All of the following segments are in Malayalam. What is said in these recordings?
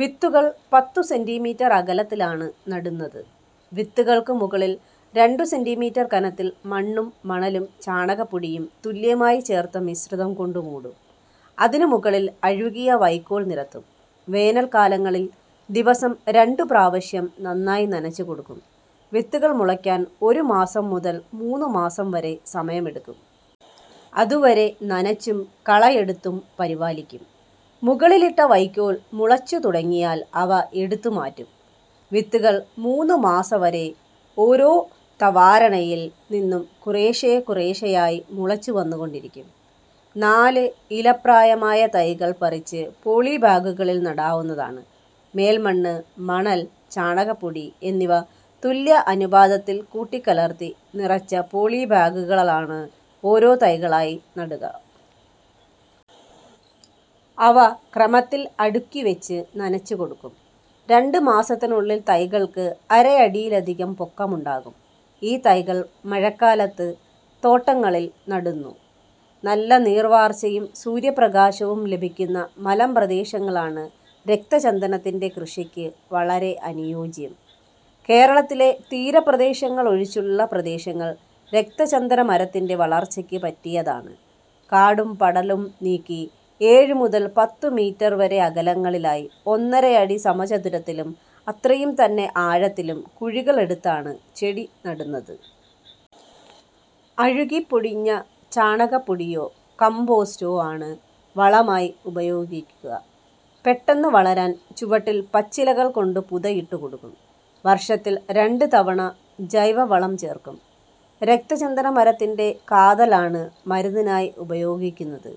വിത്തുകൾ പത്തു സെന്റിമീറ്റർ അകലത്തിലാണു് നടുന്നതു്. വിത്തുകൾക്കു് മുകളിൽ രണ്ടു സെന്റീമീറ്റർ കനത്തിൽ മണ്ണും മണലും ചാണകപ്പൊടിയും തുല്യമായി ചേർത്ത മിശ്രിതം കൊണ്ടു മൂടും. അതിനു മുകളിൽ അഴുകിയ വൈക്കോൽ നിരത്തും. വേനൽക്കാലങ്ങളിൽ ദിവസം രണ്ടു പ്രവശ്യം നന്നായി നനച്ചുകൊടുക്കും. വിത്തുകൾ മുളക്കാൻ ഒരുമാസം മുതൽ മൂന്നുമാസം വരെ സമയമെടുക്കും. അതുവരെ നനച്ചും കളയെടുത്തും പരിപാലിക്കും. മുകളിലിട്ട വൈക്കോൽ മുളച്ചുതുടങ്ങിയാൽ അവ എടുത്ത് മാറ്റും. വിത്തുകൾ മൂന്നു മാസവരെ ഓരോ തവാരണയിൽ നിന്നും കുറേശേ കുറേശേയായി മുളച്ചു വന്നു കൊണ്ടിരിക്കും. നാലു് ഇല പ്രായമായ തൈകൾ പറിച്ച് പോളീബാഗുകളിൽ നടാവുന്നതാണ്. മേൽമണ്ണ്, മണൽ, ചാണകപ്പൊടി എന്നിവ തുല്യ അനുപാതത്തിൽ കൂട്ടികലർത്തി നിറച്ച പൊളിബാഗുകലാണു് ഒരോ തൈകളായി നടുക. അവ ക്രമത്തിൽ അടുക്കിവച്ച് നനച്ച് കൊടുക്കും. രണ്ടു മാസത്തിനുള്ളിൽ തൈകൾക്ക് അരയടിയിലധികം പൊക്കമുണ്ടാകും. ഈ തൈകൾ മഴക്കാലത്ത് തോട്ടങ്ങളിൽ നടുന്നു. നല്ല നീർവാർച്ചയും സൂര്യപ്രകാശവും ലഭിക്കുന്ന മലമ്പ്രദേശങ്ങളാണ് രക്തചന്ദനത്തിന്റെ കൃഷിക്ക് വളരെ അനുയോജ്യം. കേരളത്തിലെ തീരപ്രദേശങ്ങൾ ഒഴിച്ചുള്ള പ്രദേശങ്ങൾ രക്തചന്ദനമരത്തിന്റെ വളർച്ചയ്ക്ക് പറ്റിയതാണ്. കാടും പടലും നീക്കി ഏഴു മുതൽ പത്തുമീറ്റർ വരെ അകലങ്ങളിലായി, ഒന്നരയടി സമചതുരത്തിലും അത്രയും തന്നെ ആഴത്തിലും കുഴികൾ എടുത്താണു് ചെടി നടുന്നതു്. അഴുകിപ്പൊടിഞ്ഞ ചാണകപ്പൊടിയോ കമ്പോസ്റ്റോ ആണു് വളമായി ഉപയോഗിക്കുക. പെട്ടെന്നു് വളരാൻ ചുവട്ടിൽ പച്ചിലകൾ കൊണ്ടു പുതയിട്ടു കൊടുക്കും. വർഷത്തിൽ രണ്ടു് തവണ ജൈവവളം ചേർക്കും. രക്തചന്ദനമരത്തിന്റെ കാതലാണു് മരുന്നിനായി ഉപയോഗിക്കുന്നതു്.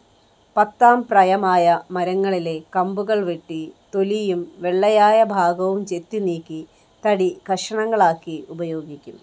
പത്താം പ്രയമായ മരങ്ങളിലെ കമ്പുകൾ വെട്ടി തൊലിയും വെള്ളയായ ഭാഗവും ചെത്തി നീക്കി തടി കഷണങ്ങളാക്കി ഉപയോഗിക്കും.